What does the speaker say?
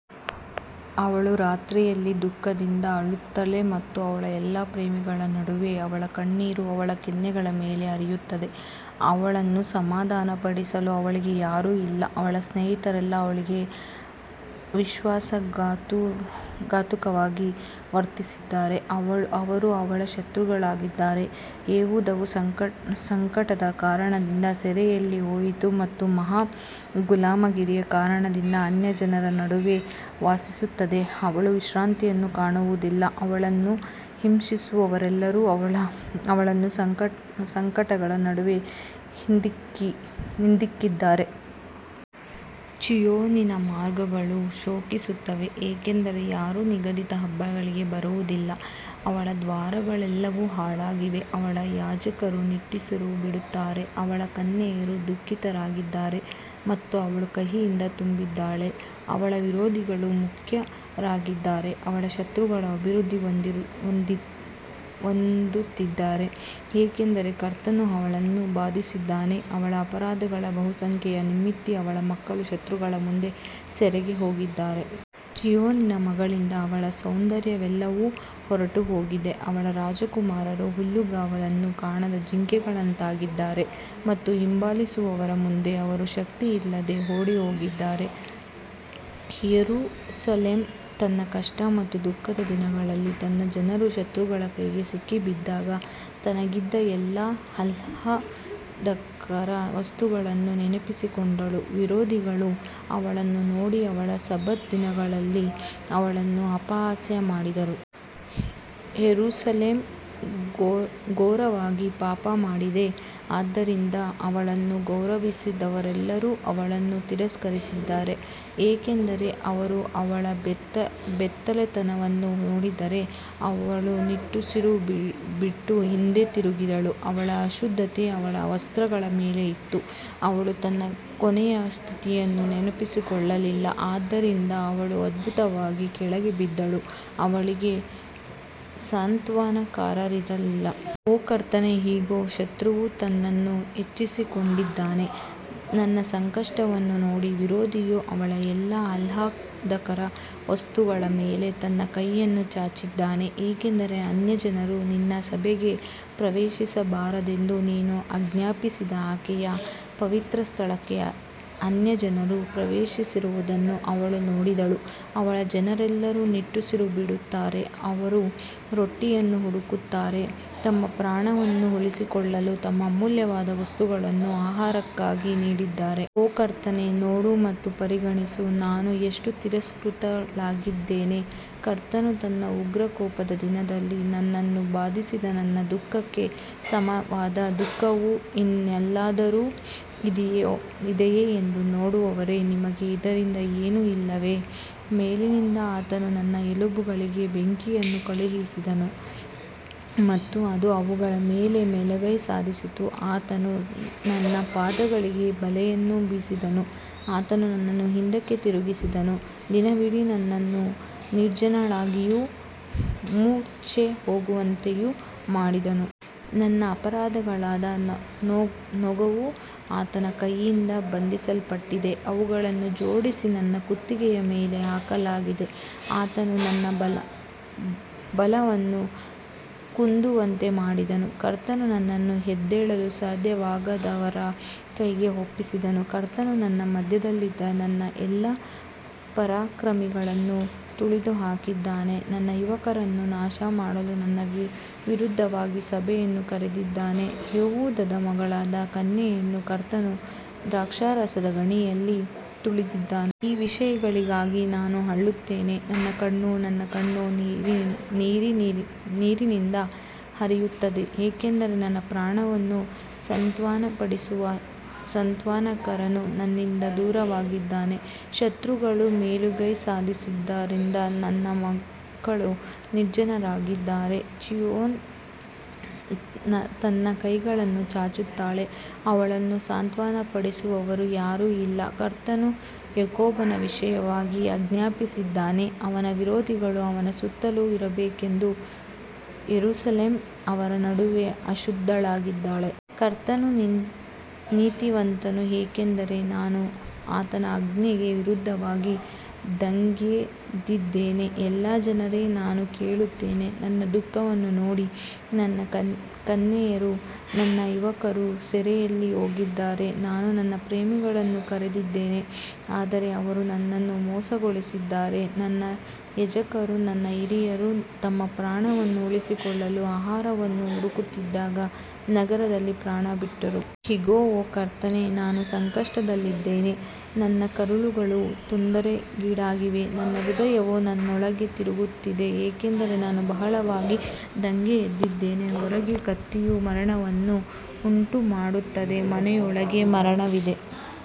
ಅವಳು ರಾತ್ರಿಯಲ್ಲಿ ದುಃಖದಿಂದ ಅಳುತ್ತಾಳೆ ಮತ್ತು ಅವಳ ಎಲ್ಲಾ ಪ್ರೇಮಿಗಳ ನಡುವೆ ಅವಳ ಕಣ್ಣೀರು ಅವಳ ಕೆನ್ನೆಗಳ ಮೇಲೆ ಹರಿಯುತ್ತದೆ, ಅವಳನ್ನು ಸಮಾಧಾನಪಡಿಸಲು ಅವಳಿಗೆ ಯಾರೂ ಇಲ್ಲ, ಅವಳ ಸ್ನೇಹಿತರೆಲ್ಲರೂ ಅವಳಿಗೆ ವಿಶ್ವಾಸಘಾತುಕವಾಗಿ ವರ್ತಿಸಿದ್ದಾರೆ, ಅವರು ಅವಳ ಶತ್ರುಗಳಾಗಿದ್ದಾರೆ. ಯೆಹೂದವು ಸಂಕಟದ ಕಾರಣದಿಂದ ಸೆರೆಯಲ್ಲಿ ಹೋಯಿತು ಮತ್ತು ಮಹಾ ಗುಲಾಮಗಿರಿಯ ಕಾರಣದಿಂದ ಅನ್ಯಜನರ ನಡುವೆ ವಾಸಿಸುತ್ತದೆ, ಅವಳು ವಿಶ್ರಾಂತಿಯನ್ನು ಕಾಣುವುದಿಲ್ಲ, ಅವಳನ್ನು ಹಿಂಸಿಸುವವರೆಲ್ಲರೂ ಅವಳನ್ನು ಸಂಕಟಗಳ ನಡುವೆ ಹಿಂದಿಕ್ಕಿದ್ದಾರೆ. ಚೀಯೋನಿನ ಮಾರ್ಗಗಳು ಶೋಕಿಸುತ್ತವೆ, ಏಕೆಂದರೆ ಯಾರೂ ನಿಗದಿತ ಹಬ್ಬಗಳಿಗೆ ಬರುವುದಿಲ್ಲ, ಅವಳ ದ್ವಾರಗಳೆಲ್ಲವೂ ಹಾಳಾಗಿವೆ, ಅವಳ ಯಾಜಕರು ನಿಟ್ಟುಸಿರು ಬಿಡುತ್ತಾರೆ, ಅವಳ ಕನ್ಯೆಯರು ದುಃಖಿತರಾಗಿದ್ದಾರೆ ಮತ್ತು ಅವಳು ಕಹಿಯಿಂದ ತುಂಬಿದ್ದಾಳೆ. ಅವಳ ವಿರೋಧಿಗಳು ಮುಖ್ಯರಾಗಿದ್ದಾರೆ, ಅವಳ ಶತ್ರುಗಳು ಅಭಿವೃದ್ಧಿ ಹೊಂದುತ್ತಿದ್ದಾರೆ, ಏಕೆಂದರೆ ಕರ್ತನು ಅವಳನ್ನು ಬಾಧಿಸಿದ್ದಾನೆ, ಅವಳ ಅಪರಾಧಗಳ ಬಹುಸಂಖ್ಯೆಯ ನಿಮಿತ್ತ ಅವಳ ಮಕ್ಕಳು ಶತ್ರುಗಳ ಮುಂದೆ ಸೆರೆಗೆ ಹೋಗಿದ್ದಾರೆ. ಚೀಯೋನಿನ ಮಗಳಿಂದ ಅವಳ ಸೌಂದರ್ಯವೆಲ್ಲವೂ ಹೊರಟುಹೋಗಿದೆ, ಅವಳ ರಾಜಕುಮಾರರು ಹುಲ್ಲುಗಾವಲನ್ನು ಕಾಣದ ಜಿಂಕೆಗಳಂತಾಗಿದ್ದಾರೆ ಮತ್ತು ಹಿಂಬಾಲಿಸುವವರ ಮುಂದೆ ಅವರು ಶಕ್ತಿಯಿಲ್ಲದೆ ಓಡಿಹೋಗಿದ್ದಾರೆ. ಯೆರೂಸಲೇಮ್ ತನ್ನ ಕಷ್ಟ ಮತ್ತು ದುಃಖದ ದಿನಗಳಲ್ಲಿ ತನ್ನ ಜನರು ಶತ್ರುಗಳ ಕೈಗೆ ಸಿಕ್ಕಿಬಿದ್ದಾಗ ತನಗಿದ್ದ ಎಲ್ಲಾ ಆಹ್ಲಾದಕರ ವಸ್ತುಗಳನ್ನು ನೆನಪಿಸಿಕೊಂಡಳು, ವಿರೋಧಿಗಳು ಅವಳನ್ನು ನೋಡಿ ಅವಳ ಸಬ್ಬತ್ ದಿನಗಳಲ್ಲಿ ಅವಳನ್ನು ಅಪಹಾಸ್ಯ ಮಾಡಿದರು. ಯೆರೂಸಲೇಮ್ ಘೋರವಾಗಿ ಪಾಪಮಾಡಿದೆ, ಆದ್ದರಿಂದ ಅವಳನ್ನು ಗೌರವಿಸಿದವರೆಲ್ಲರೂ ಅವಳನ್ನು ತಿರಸ್ಕರಿಸಿದ್ದಾರೆ, ಏಕೆಂದರೆ ಅವರು ಅವಳ ಬೆತ್ತಲೆತನವನ್ನು ನೋಡಿದ್ದಾರೆ, ಅವಳು ನಿಟ್ಟುಸಿರು ಬಿಟ್ಟು ಹಿಂದೆ ತಿರುಗಿದಳು, ಅವಳ ಅಶುದ್ಧತೆ ಅವಳ ವಸ್ತ್ರಗಳ ಮೇಲೆ ಇತ್ತು, ಅವಳು ತನ್ನ ಕೊನೆಯ ಸ್ಥಿತಿಯನ್ನು ನೆನಪಿಸಿಕೊಳ್ಳಲಿಲ್ಲ, ಆದ್ದರಿಂದ ಅವಳು ಅದ್ಭುತವಾಗಿ ಕೆಳಗೆ ಬಿದ್ದಳು, ಅವಳಿಗೆ ಸಾಂತ್ವನಕಾರರಿರಲಿಲ್ಲ. ಓ ಕರ್ತನೇ, ಇಗೋ, ಶತ್ರುವು ತನ್ನನ್ನು ಹೆಚ್ಚಿಸಿಕೊಂಡಿದ್ದಾನೆ. ನನ್ನ ಸಂಕಟವನ್ನು ನೋಡಿ, ವಿರೋಧಿಯು ಅವಳ ಎಲ್ಲಾ ಆಹ್ಲಾದಕರ ವಸ್ತುಗಳ ಮೇಲೆ ತನ್ನ ಕೈಯನ್ನು ಚಾಚಿದ್ದಾನೆ, ಏಕೆಂದರೆ ಅನ್ಯಜನರು ನಿನ್ನ ಸಭೆಗೆ ಪ್ರವೇಶಿಸಬಾರದೆಂದು ನೀನು ಆಜ್ಞಾಪಿಸಿದ ಆಕೆಯ ಪವಿತ್ರಸ್ಥಳಕ್ಕೆ ಅನ್ಯಜನರು ಪ್ರವೇಶಿಸಿರುವುದನ್ನು ಅವಳು ನೋಡಿದಳು. ಅವಳ ಜನರೆಲ್ಲರೂ ನಿಟ್ಟುಸಿರು ಬಿಡುತ್ತಾರೆ, ಅವರು ರೊಟ್ಟಿಯನ್ನು ಹುಡುಕುತ್ತಾರೆ, ತಮ್ಮ ಪ್ರಾಣವನ್ನು ಉಳಿಸಿಕೊಳ್ಳಲು ತಮ್ಮ ಅಮೂಲ್ಯವಾದ ವಸ್ತುಗಳನ್ನು ಆಹಾರಕ್ಕಾಗಿ ನೀಡಿದ್ದಾರೆ. ಓ ಕರ್ತನೇ, ನೋಡಿ ಮತ್ತು ಪರಿಗಣಿಸು, ನಾನು ಎಷ್ಟು ತಿರಸ್ಕೃತಳಾಗಿದ್ದೇನೆ. ಕರ್ತನು ತನ್ನ ಉಗ್ರಕೋಪದ ದಿನದಲ್ಲಿ ನನ್ನನ್ನು ಬಾಧಿಸಿದ ನನ್ನ ದುಃಖಕ್ಕೆ ಸಮಾನವಾದ ದುಃಖವು ಇನ್ನೆಲ್ಲಾದರೂ ಇದೆಯೇ ಎಂದು ನೋಡುವವರೇ, ನಿಮಗೆ ಇದರಿಂದ ಏನೂ ಇಲ್ಲವೇ? ಮೇಲಿನಿಂದ ಆತನು ನನ್ನ ಎಲುಬುಗಳಿಗೆ ಬೆಂಕಿಯನ್ನು ಕಳುಹಿಸಿದನು ಮತ್ತು ಅದು ಅವುಗಳ ಮೇಲೆ ಮೇಲುಗೈ ಸಾಧಿಸಿತು, ಆತನು ನನ್ನ ಪಾದಗಳಿಗೆ ಬಲೆಯನ್ನು ಬೀಸಿದನು, ಆತನು ನನ್ನನ್ನು ಹಿಂದಕ್ಕೆ ತಿರುಗಿಸಿದನು, ದಿನವಿಡೀ ನನ್ನನ್ನು ನಿರ್ಜನಳಾಗಿಯೂ ಮೂರ್ಛೆಹೋಗುವಂತೆಯೂ ಮಾಡಿದನು. ನನ್ನ ಅಪರಾಧಗಳ ನೊಗವು ಆತನ ಕೈಯಿಂದ ಬಂಧಿಸಲ್ಪಟ್ಟಿದೆ, ಅವುಗಳನ್ನು ಜೋಡಿಸಿ ನನ್ನ ಕುತ್ತಿಗೆಯ ಮೇಲೆ ಹಾಕಲಾಗಿದೆ, ಆತನು ನನ್ನ ಬಲವನ್ನು ಕುಂದುವಂತೆ ಮಾಡಿದನು, ಕರ್ತನು ನನ್ನನ್ನು ಎದ್ದೇಳಲು ಸಾಧ್ಯವಾಗದವರ ಕೈಗೆ ಒಪ್ಪಿಸಿದನು. ಕರ್ತನು ನನ್ನ ಮಧ್ಯದಲ್ಲಿದ್ದ ನನ್ನ ಎಲ್ಲಾ ಪರಾಕ್ರಮಿಗಳನ್ನು ತುಳಿದುಹಾಕಿದ್ದಾನೆ, ನನ್ನ ಯುವಕರನ್ನು ನಾಶಮಾಡಲು ನನ್ನ ವಿರುದ್ಧವಾಗಿ ಸಭೆಯನ್ನು ಕರೆದಿದ್ದಾನೆ, ಯೆಹೂದದ ಮಗಳಾದ ಕನ್ಯೆಯನ್ನು ಕರ್ತನು ದ್ರಾಕ್ಷಾರಸದ ಗಾಣಿಯಲ್ಲಿ ತುಳಿದಿದ್ದಾನೆ. ಈ ವಿಷಯಗಳಿಗಾಗಿ ನಾನು ಅಳುತ್ತೇನೆ, ನನ್ನ ಕಣ್ಣು, ನನ್ನ ಕಣ್ಣು ನೀರಿನಿಂದ ಹರಿಯುತ್ತದೆ, ಏಕೆಂದರೆ ನನ್ನ ಪ್ರಾಣವನ್ನು ಸಾಂತ್ವನಪಡಿಸುವ ಸಾಂತ್ವನಕಾರನು ನನ್ನಿಂದ ದೂರವಾಗಿದ್ದಾನೆ, ಶತ್ರುಗಳು ಮೇಲುಗೈ ಸಾಧಿಸಿದ್ದರಿಂದ ನನ್ನ ಮಕ್ಕಳು ನಿರ್ಜನರಾಗಿದ್ದಾರೆ. ಚೀಯೋನ್ ತನ್ನ ಕೈಗಳನ್ನು ಚಾಚುತ್ತಾಳೆ, ಅವಳನ್ನು ಸಾಂತ್ವನಪಡಿಸುವವರು ಯಾರೂ ಇಲ್ಲ. ಕರ್ತನು ಯಾಕೋಬನ ವಿಷಯವಾಗಿ ಆಜ್ಞಾಪಿಸಿದ್ದಾನೆ, ಅವನ ವಿರೋಧಿಗಳು ಅವನ ಸುತ್ತಲೂ ಇರಬೇಕೆಂದು, ಯೆರೂಸಲೇಮ್ ಅವರ ನಡುವೆ ಅಶುದ್ಧಳಾಗಿದ್ದಾಳೆ. ಕರ್ತನು ನೀತಿವಂತನು, ಏಕೆಂದರೆ ನಾನು ಆತನ ಆಜ್ಞೆಗೆ ವಿರುದ್ಧವಾಗಿ ದಂಗೆಯೆದ್ದಿದ್ದೇನೆ. ಎಲ್ಲಾ ಜನರೇ, ನಾನು ಕೇಳುತ್ತೇನೆ, ನನ್ನ ದುಃಖವನ್ನು ನೋಡಿ, ನನ್ನ ಕನ್ಯೆಯರೂ ನನ್ನ ಯುವಕರೂ ಸೆರೆಯಲ್ಲಿ ಹೋಗಿದ್ದಾರೆ. ನಾನು ನನ್ನ ಪ್ರೇಮಿಗಳನ್ನು ಕರೆದಿದ್ದೇನೆ, ಆದರೆ ಅವರು ನನ್ನನ್ನು ಮೋಸಗೊಳಿಸಿದ್ದಾರೆ. ನನ್ನ ಯಾಜಕರೂ ನನ್ನ ಹಿರಿಯರೂ ತಮ್ಮ ಪ್ರಾಣವನ್ನು ಉಳಿಸಿಕೊಳ್ಳಲು ಆಹಾರವನ್ನು ಹುಡುಕುತ್ತಿದ್ದಾಗ ನಗರದಲ್ಲಿ ಪ್ರಾಣಬಿಟ್ಟರು. ಇಗೋ, ಓ ಕರ್ತನೇ, ನಾನು ಸಂಕಟದಲ್ಲಿದ್ದೇನೆ, ನನ್ನ ಕರುಳುಗಳು ತೊಂದರೆಗೀಡಾಗಿವೆ, ನನ್ನ ಹೃದಯವು ನನ್ನೊಳಗೆ ತಿರುಗುತ್ತಿದೆ, ಏಕೆಂದರೆ ನಾನು ಬಹಳವಾಗಿ ದಂಗೆಯೆದ್ದಿದ್ದೇನೆ. ಹೊರಗೆ ಕತ್ತಿಯು ಮರಣವನ್ನು ಉಂಟುಮಾಡುತ್ತದೆ, ಮನೆಯೊಳಗೆ ಮರಣವಿದೆ.